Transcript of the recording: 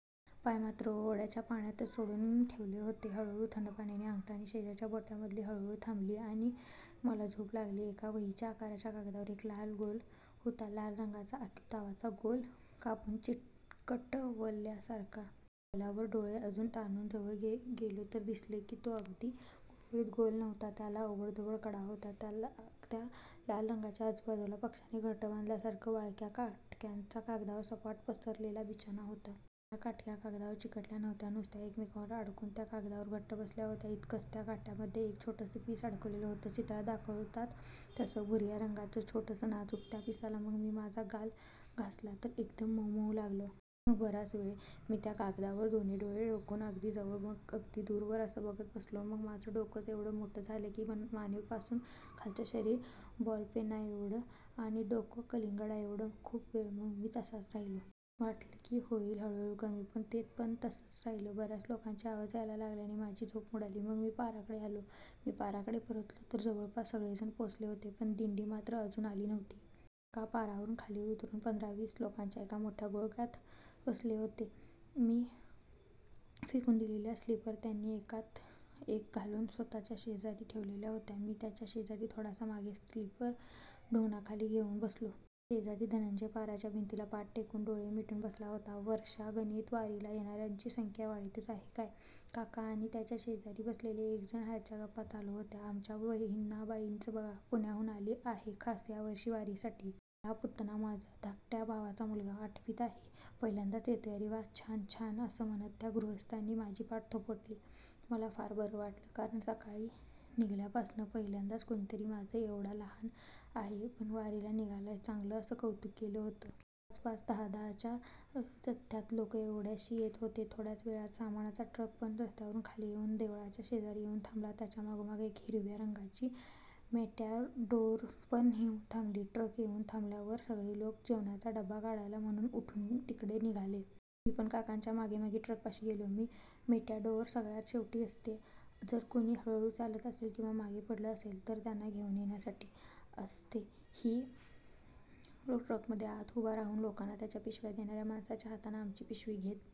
पाय मात्र ओढ्याच्या पाण्यातच सोडून ठेवले होते. हळुहळु थंड पाण्याने अंगठा आणि शेजारच्या बोटाच्यामधली हुळहुळ थांबली आणि मला झोप लागली. एका वहीच्या आकाराच्या कागदावर एक लाल गोल होता. लाल रंगाचा आखीव तावाचा गोल कापून चिकटवल्यासारखा. त्या गोलावर डोळे अजून ताणून जवळ गेलो तर दिसलं की तो अगदी गुळगुळीत गोल नव्हता. त्याला ओबडधोबड कडा होत्या. त्या लाल रंगाच्या आजूबाजूला पक्ष्यानं घरटं बांधल्यासारखं वाळक्या काटक्यांचा कागदावर सपाट पसरलेला बिछाना होता. पण ह्या काटक्या कागदावर चिकटवल्या नव्हत्या. नुसत्याच एकमेकात अडकून त्या कागदावर घट्ट बसल्या होत्या इतकंच. त्या काटक्यांमध्ये एक छोटसं पीस अडकलेलं होता. चित्रात दाखवतात तसं भुर्या रंगाचं, छोटूसं, नाजूक. त्या पिसाला मग मी माझा गाल घासला तर एकदम मउ मउ लागलं. मग बराच वेळ मी त्या कागदावर दोन्ही डोळे रोखून अगदी जवळ, मग अगदी दूरवरुन असं बघत बसलो. मग माझं डोकंच येवढं मोठं झालं की मानेपासून खालचं शरीर बॉलपेना येवढं आणि डोकं कलिंगडा येवढं. खूप वेळ मग मी तसाच राहिलो. वाटलं की होइल हळुहळु कमी. पण ते पण तसच राहिलं. बर्याच लोकांचे आवाज यायला लागल्याने माझी झोप मोडली. मग मी पाराकडे आलो. मी पाराकडे परतलो तर जवळपास सगळेजण पोचले होते. पण दिंडी मात्र अजून आली नव्हती. काका पारावरुन खाली उतरुन पंधरा-वीस लोकांच्या एका मोठ्या गोल घोळक्यात बसले होते. मी फेकून दिलेल्या स्लीपर त्यांनी एकात एक घालून स्वतःच्या शेजारी ठेवलेल्या होत्या. मी त्यांच्या शेजारी, थोडासा मागे, स्लीपर ढुंगणाखाली घेउन बसलो. शेजारी धनंजय पाराच्या भिंतीला पाठ टेकवून, डोळे मिटून बसला होता. वर्षागणिक वारीला येणार्यांची संख्या वाढतीच आहे, काय! काका आणि त्यांच्या शेजारी बसलेले एक जण ह्यांच्यात गप्पा चालू होत्या. आमच्या बहिणाबाईच बघा. पुण्याहून आली आहे खास ह्यावर्षी वारीसाठी. आणि हा पुतण्या माझा, धाकट्या भावाचा मुलगा. आठवीत आहे. पहिल्यांदाच येतोय. अरे वा. छान छान. असं म्हणत त्यां गृहस्थांनी माझी पाठ थोपटली. मला फार बरं वाटलं. कारण सकाळी निघाल्यापासनं पहिल्यांदाच कुणीतरी माझं येवढं लहान आहे, पण वारीला निघालाय चांगल असं कौतुक केलं होतं. पाच-पाच, दहा-दहाच्या जथ्थ्यात लोकं ओढ्याशी येत होते. थोड्याच वेळात सामानाचा ट्रक पण रस्त्यावरुन खाली येउन देवळाच्या शेजारी येउन थांबला. त्याच्यामागोमाग एक हिरव्या रंगाची मेटॅडोरपण येउन थांबली. ट्रक येउन थांबल्यावर सगळे लोक जेवणाचा डबा काढायला म्हणुन उठुन तिकडे निघाले. मी पण काकांच्या मागेमागे ट्रकपाशी गेलो. ही मेटॅडोर सगळ्यात शेवटी असते. जर कुणी हळुहळु चालत असेल किंवा मागे पडलं असेल, तर त्यांना घेउन येण्यासाठी असते ही, ट्रकमध्ये आत उभा राहून लोकांना त्यांच्या पिशव्या देणार्या माणसाच्या हातनं आमची पिशवी घेत